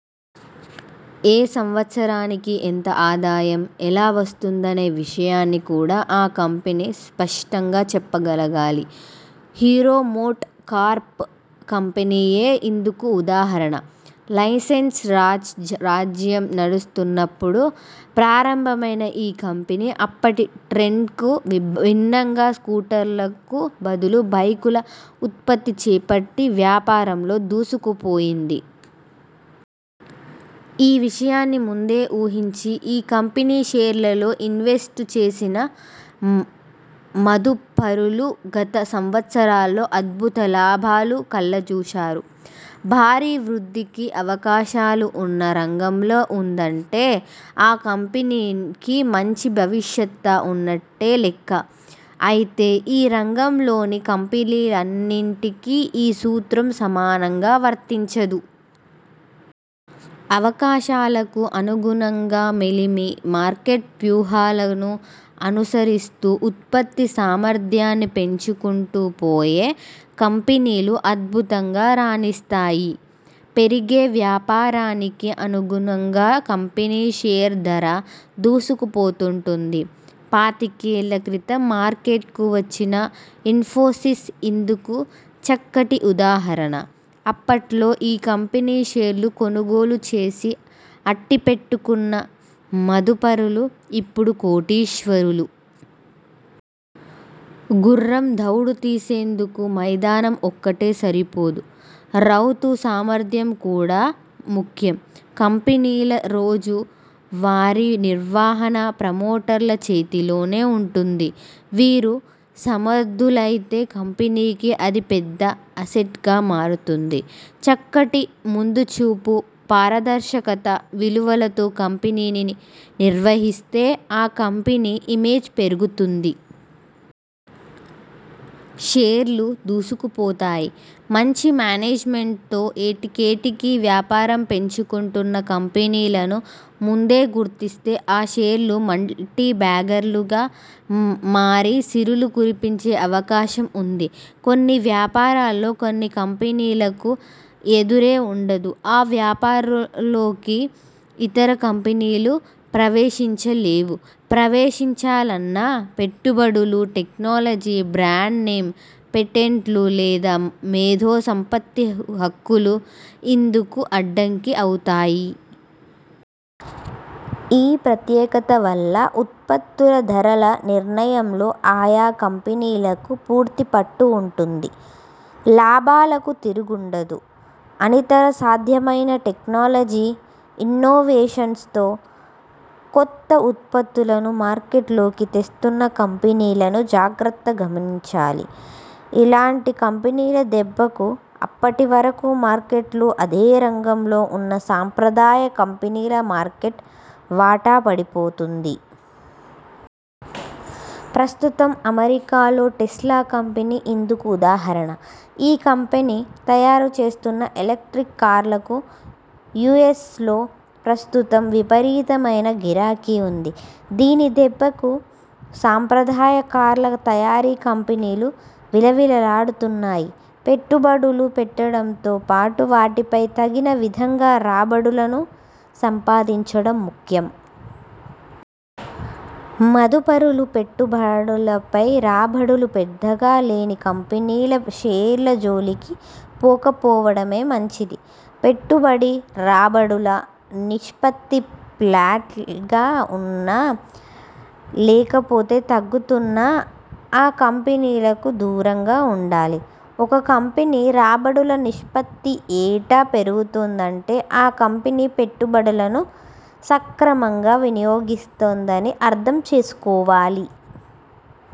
ఏ సంవత్సరానికి ఎంత ఆదాయం, ఎలా వస్తుందనే విషయాన్ని కూడా ఆ కంపెనీ స్పష్టంగా చెప్పగలగాలి. హీరో మోటో కార్ప్ కంపెనీయే ఇందుకు ఉదాహరణ. లైసెన్సు రాజ్ రాజ్యం నడుస్తున్నపుడు ప్రారంభమైనా ఈ కంపెనీ అప్పటి ట్రెండ్కు భిన్నంగా స్కూటర్లకు బదులు బైకుల ఉత్పత్తి చేపట్టి వ్యాపారంలో దూసుకుపోయింది. ఈ విషయాన్ని ముందే ఊహించి ఈ కంపెనీ షేర్లలో ఇన్వెస్ట్ చేసిన మదుపరులు గత సంవత్సరాల్లో అద్భుత లాభాలు కళ్లజూశారు. భారీ వృద్ధికి అవకాశాలు ఉన్న రంగంలో ఉందంటే ఆ కంపెనీకి మంచి భవిష్యత ఉన్నట్టే లెక్క. అయితే ఈ రంగంలోని కంపెనీలన్నింటికీ ఈ సూత్రం సమానంగా వర్తించదు. అవకాశాలకు అనుగుణంగా మేలిమి మార్కెట్ వ్యూహాలను అనుసరిస్తూ ఉత్పత్తి సామర్ధ్యాన్ని పెంచుకుంటూ పోయే కంపెనీలు అద్భుతంగా రాణిస్తాయి. పెరిగే వ్యాపారానికి అనుగుణంగా కంపెనీ షేర్ ధరా దూసుకుపోతుంటుంది. పాతికేళ్ల క్రితం మార్కెట్కు వచ్చిన ఇన్ఫోసిస్ ఇందుకు చక్కటి ఉదాహరణ. అప్పట్లో ఈ కంపెనీ షేర్లు కొనుగోలు చేసి అట్టిపెట్టుకున్న మదుపరులు ఇపుడు కోటీశ్వరులు. గుర్రం దౌడు తీసేందుకు మైదానం ఒక్కటే సరిపోదు. రౌతు సామర్ధ్యం కూడా ముఖ్యం. కంపెనీల రోజు వారీ నిర్వహణ ప్రమోటర్ల చేతిలోనే ఉంటుంది. వీరు సమర్ధులైతే కంపెనీకి అది పెద్ద అసెట్గా మారుతుంది. చక్కటి ముం దు చూపు, పారదర్శకత, విలువలతో కంపెనీని నిర్వహిస్తే ఆ కంపెనీ ఇమేజ్ పెరుగుతుంది. షేర్లూ దూసుకు పోతాయి. మంచి మేనేజ్మెంట్తో ఏటికేటికి వ్యాపారం పెంచుకుంటున్న కంపెనీలను ముందే గుర్తిస్తే ఆ షేర్లు మల్టీ బ్యాగర్లుగా మారి సిరులు కురిపించే అవకాశం ఉంది. కొన్ని వ్యాపారాల్లో కొన్ని కంపెనీలకు ఎదురే ఉండదు. ఆ వ్యాపారాల్లోకి ఇతర కంపెనీలు ప్రవేశించలేవు. ప్రవేశిం చాలన్నా పెట్టుబడులు, టెక్నాలజీ, బ్రాండ్ నేమ్, పేటెంట్లు లేదా మేధో సంపత్తి హక్కులు ఇందుకు అడ్డంకి అవుతాయి. ఈ ప్రత్యేకత వల్ల ఉత్పత్తుల ధరల నిర్ణయంలో ఆయా కంపెనీలకు పూర్తి పట్టు ఉంటుంది. లాభాలకు తిరు గుండదు. అనితర సాధ్యమైన టెక్నాలజీ, ఇన్నోవేషన్స్తో కొత్త ఉత్పత్తులను మార్కెట్లోకి తెస్తున్న కంపెనీలను జాగ్రత్తగా గమనించాలి. ఇలాంటి కంపెనీల దెబ్బకు అప్పటి వరకు మార్కెట్లో అదే రంగంలో ఉన్న సంప్రదాయ కంపెనీల మార్కెట్ వాటా పడిపోతుంది. ప్రస్తుతం అమె రికాలో టెస్లా కంపెనీ ఇందుకు ఉదాహరణ. ఈ కంపెనీ తయారు చేస్తున్న ఎలక్ర్టిక్ కార్లకు యుఎ్సలో ప్రస్తుతం విపరీతమైన గిరాకీ ఉంది. దీని దెబ్బకు సంప్రదాయ కార్ల తయారీ కంపెనీలు విలవిలలాడుతున్నాయి. పెట్టుబడులు పెట్టడంతోపాటు వాటిపై తగిన విధంగా రాబడులను సంపాదించడం ముఖ్యం. మదుపరులు పెట్టుబడులపై రాబడులు పెద్దగా లేని కంపెనీల షేర్ల జోలికి పోకపోవడమే మంచిది. పెట్టుబడి-రాబడుల నిష్పత్తి ఫ్లాట్గా ఉన్నా, లేకపోతే తగ్గుతున్నా ఆ కంపెనీలకు దూరంగా ఉండాలి. ఒక కంపెనీ రాబడుల నిష్పత్తి ఏటా పెరుగుతోందంటే ఆ కంపెనీ పెట్టుబడులను సక్రమంగా వినియోగిస్తోందని అర్థం చేసుకోవాలి.